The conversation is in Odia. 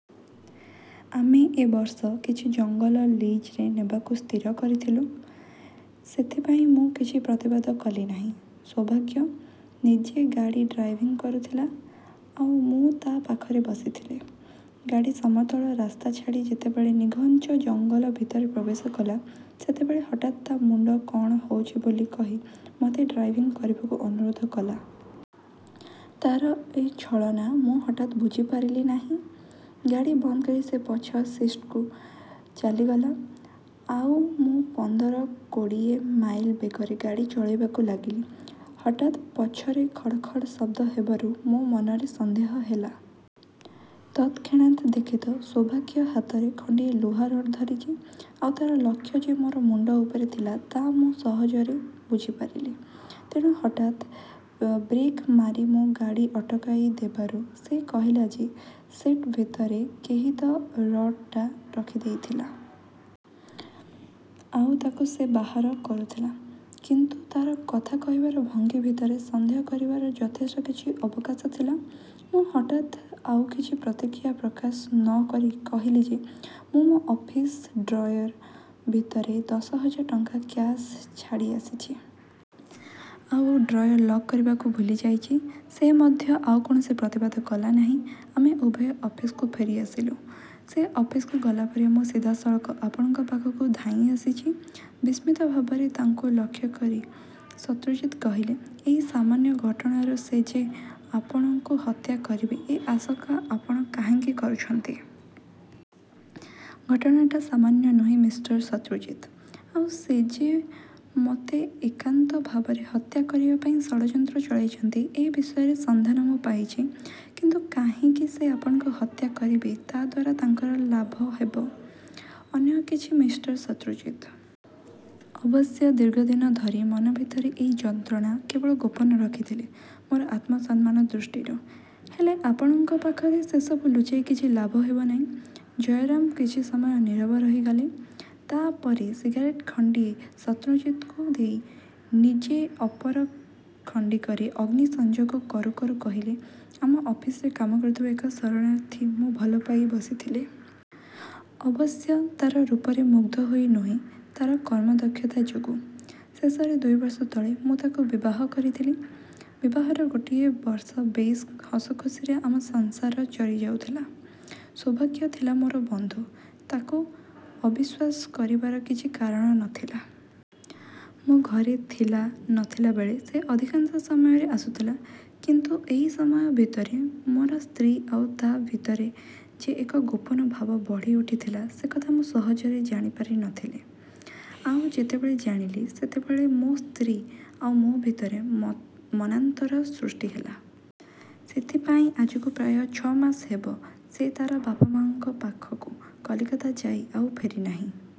ଆମେ ଏ ବର୍ଷ କିଛି ଜଙ୍ଗଲ ଲିଜରେ ନେବାକୁ ସ୍ଥିର କରିଥିଲୁଁ । ସେଇଥିପାଇଁ ମୁଁ କିଛି ପ୍ରତିବାଦ କଲି ନାହିଁ। ସୌଭାଗ୍ୟ ନିଜେ ଗାଡ଼ି ଡ୍ରାଇଭିଂ କରୁଥିଲା ଆଉ ମୁଁ ତା ପାଖରେ ବସିଥିଲି। ଗାଡ଼ି ସମତଳ ରାସ୍ତା ଛାଡ଼ି ଯେତେବେଳେ ନିଘଞ୍ଚ ଜଙ୍ଗଲ ଭିତରେ ପ୍ରବେଶ କଲା ସେତେବେଳେ ହଠାତ୍ ତା ମୁଣ୍ତ କଣ ହେଉଛି ବୋଲି କହି ମୋତେ ଡ୍ରାଇଭିଂ କରିବାକୁ ଅନୁରୋଧ କଲା। ତା'ର ଏ ଛଳନା ମୁଁ ହାଠାତ୍ ବୁଝିପାରିଲି ନାହିଁ। ଗାଡ଼ି ବନ୍ଦ କରି ସେ ପଛ ସିଟ୍କୁ ଚାଲିଗଲା ଆଉ ମୁଁ ପନ୍ଦର, କୋଡୀଏ ମାଇଲ ବେଗରେ ଗାଡ଼ି ଚଳାଇବାକୁ ଲାଗିଲି। ହଠାତ୍ ପଛରେ ଖଡ଼ ଖଡ଼ ଶଦ୍ଦ ହେବାରୁ ମୋ ମନରେ ସନ୍ଦେହ ହେଲା। ତତ୍ ଖେଣାତ୍ ଦେଖେ ତ ସୌଭାଗ୍ୟ ହାତରେ ଖଣ୍ତିଏ ଲୁହା ରଡ୍ ରହିଛି। ଆଉ ତା'ର ଲକ୍ଷ୍ୟ ଯେ ମୋର ମୁଣ୍ତ ଉପରେ ଥିଲା ତା' ମୁଁ ସହଜରେ ବୁଝିପାରିଲି। ତେଣୁ ହଠାତ୍ ବ୍ରେକ୍ମାରି ମୁଁ ଗାଡ଼ି ଅଟକାଇଦେବାରୁ ସେ କହିଲା ଯେ ସିଟ୍ଭିତରେ କେହି ଏ ରଡ୍ଟା ରଖିଦେଇଥିଲା। ଆଉ ତାକୁ ସେ ବାହାର କରୁଥିଲା। କିନ୍ତୁ ତାର କଥା କହିବାର ଭଙ୍ଗୀ ଭିତରେ ସନ୍ଦେହ କରିବାର ଯଥେଷ୍ଟ କିଛି ଅବକାଶ ଥିଲା। ମୁଁ ହଠାତ୍ ଆଉ କିଛି ପ୍ରତିକ୍ରିୟା ପ୍ରକାଶ ନ କରି କହିଲି ଯେ ମୁ ମୋ ଅଫିସ ଡ୍ରଏର ଭିତରେ ଦଶ ହଜାର ଟଙ୍କାର କ୍ୟାସ ଛାଡ଼ିଆସିଛି। ଆଉ ଡ୍ରଏର ଲକ୍ କରିବାକୁ ଭୁଲିଯାଇଛି। ସେ ମଧ୍ୟ ଆଉ କୌଣସି ପ୍ରତିବାଦ କଲା ନାହିଁ। ଆମେ ଉଭୟେ ଅଫିସକୁ ଫେରିଆସିଲୁଁ। ସେ ଅଫିସକୁ ଗଲା ପରେ ମୁଁ ସିଧାସଳଖ ଆପଣଙ୍କ ପାଖକୁ ଧାଇଁଆସିଛି। ବିସ୍ମିତ ଭାବରେ ତାଙ୍କୁ ଲାକ୍ଷ୍ୟ କରି ଶତ୍ରୁଜିତ୍ କହିଲେ ଏଇ ସାମାନ୍ୟ ଘଟଣାରୁ ସେ ଯେ ଆପଣଙ୍କୁ ହତ୍ୟା କରିବେ ଏ ଆଶଙ୍କା ଆପଣ କାହିଁକି କରୁଛନ୍ତି? ଘଟଣାଟା ସାମାନ୍ୟ ନୁହେଁ, ମିଷ୍ଟର ଶତ୍ରୁଜିତ୍! ଆଉ ସେ ଯେ ମୋତେ ଏକାନ୍ତ ଭାବରେ ହତ୍ୟା କରିବାପାଇଁ ଷଡ଼ଯନ୍ତ୍ର ଚଳାଇଛି ଏ ବିଷୟର ସନ୍ଧାନ ମୁଁ ପାଇଛି। କିନ୍ତୁ କାହିଁକି ସେ ଆପଣଙ୍କୁ ହତ୍ୟା କରିବେ ତା ଦ୍ୱାରା ତାଙ୍କର ଲାଭ ହେବ? ଅନେକ କିଛି, ମିଷ୍ଟର ଶତ୍ରୁଜିତ୍! ଅବଶ୍ୟ ଦୀର୍ଘଦିନ ଧରି ମନ ଭିତରେ ଏଇ ଯନ୍ତ୍ରଣା କେବଳ ଗୋପନ ରଖିଥିଲି ମୋର ଆତ୍ମସମ୍ମାନ ଦୃଷ୍ଟିରୁ। ହେଲେ ଆପଣଙ୍କ ପାଖରେ ସେସବୁ ଲୁଚାଇ କିଛି ଲାଭ ହେବ ନାହିଁ। ଜୟରାମ କିଛି ସମୟ ନୀରବ ରହିଗଲେ। ତା' ପରେ ସିଗାରେଟ ଖଣ୍ତିଏ ଶତ୍ରୁଜିତ୍ଙ୍କୁ ଦେଇ ନିଜେ ଅପର ଖଣ୍ତିକରେ ଅଗ୍ନି ସଂଯୋଗ କରୁ କରୁ କହିଲେ, ଆମ ଅଫିସରେ କାମ କରୁଥିବା ଏକ ଶରଣାର୍ଥୀ ମୁଁ ଭଲ ପାଇ ବସିଥିଲି। ଅବଶ୍ୟ ତାର ରୂପରେ ମୁଗ୍ଧ ହୋଇ ନୁହେଁ, ତାର କର୍ମଦକ୍ଷତା ଯୋଗୁ। ଶେଷରେ ଦୁଇବର୍ଷ ତଳେ ମୁଁ ତାକୁ ବିବାହ କରିଥିଲି। ବିବାହର ଗୋଟିଏ ବର୍ଷ ବେଶ୍ ହସଖୁସିରେ ଆମ ସଂସାର ଚଳିଯାଉଥିଲା । ସୌଭାଗ୍ୟ ଥିଲା ମୋର ବନ୍ଧୁ। ତାକୁ ଅବିଶ୍ୱାସ କରିବାର କିଛି କାରଣ ନ ଥିଲା। ମୁଁ ଘରେ ଥିଲା ନଥିଲାବେଳେ ସେ ଅଧିକାଂଶ ସମୟରେ ଆସୁଥିଲା। କିନ୍ତୁ ଏଇ ସମୟ ଭିତରେ ମୋର ସ୍ତ୍ରୀ ଆଉ ତା' ଭିତରେ ଯେ ଏକ ଗୋପନ ଭାବ ବଢ଼ିଉଠିଥିଲା ସେକଥା ମୁଁ ସହଜରେ ଜାଣିପାରି ନ ଥିଲି । ଆଉ ଯେତେବେଳେ ଜାଣିଲି, ସେତେବେଳେ ମୋ ସ୍ତ୍ରୀ ଆଉ ମୋ ଭିତରେ ମନାନ୍ତର ସୃଷ୍ଟି ହେଲା। ସେଇଥିପାଇଁ ଆଜକୁ ପ୍ରାୟ ଛ'ମାସ ହେବ ସେ ତା'ର ବାପମାଆଙ୍କ ପାଖକୁ କଲିକତା ଯାଇ ଆଉ ଫେରିନାହିଁ।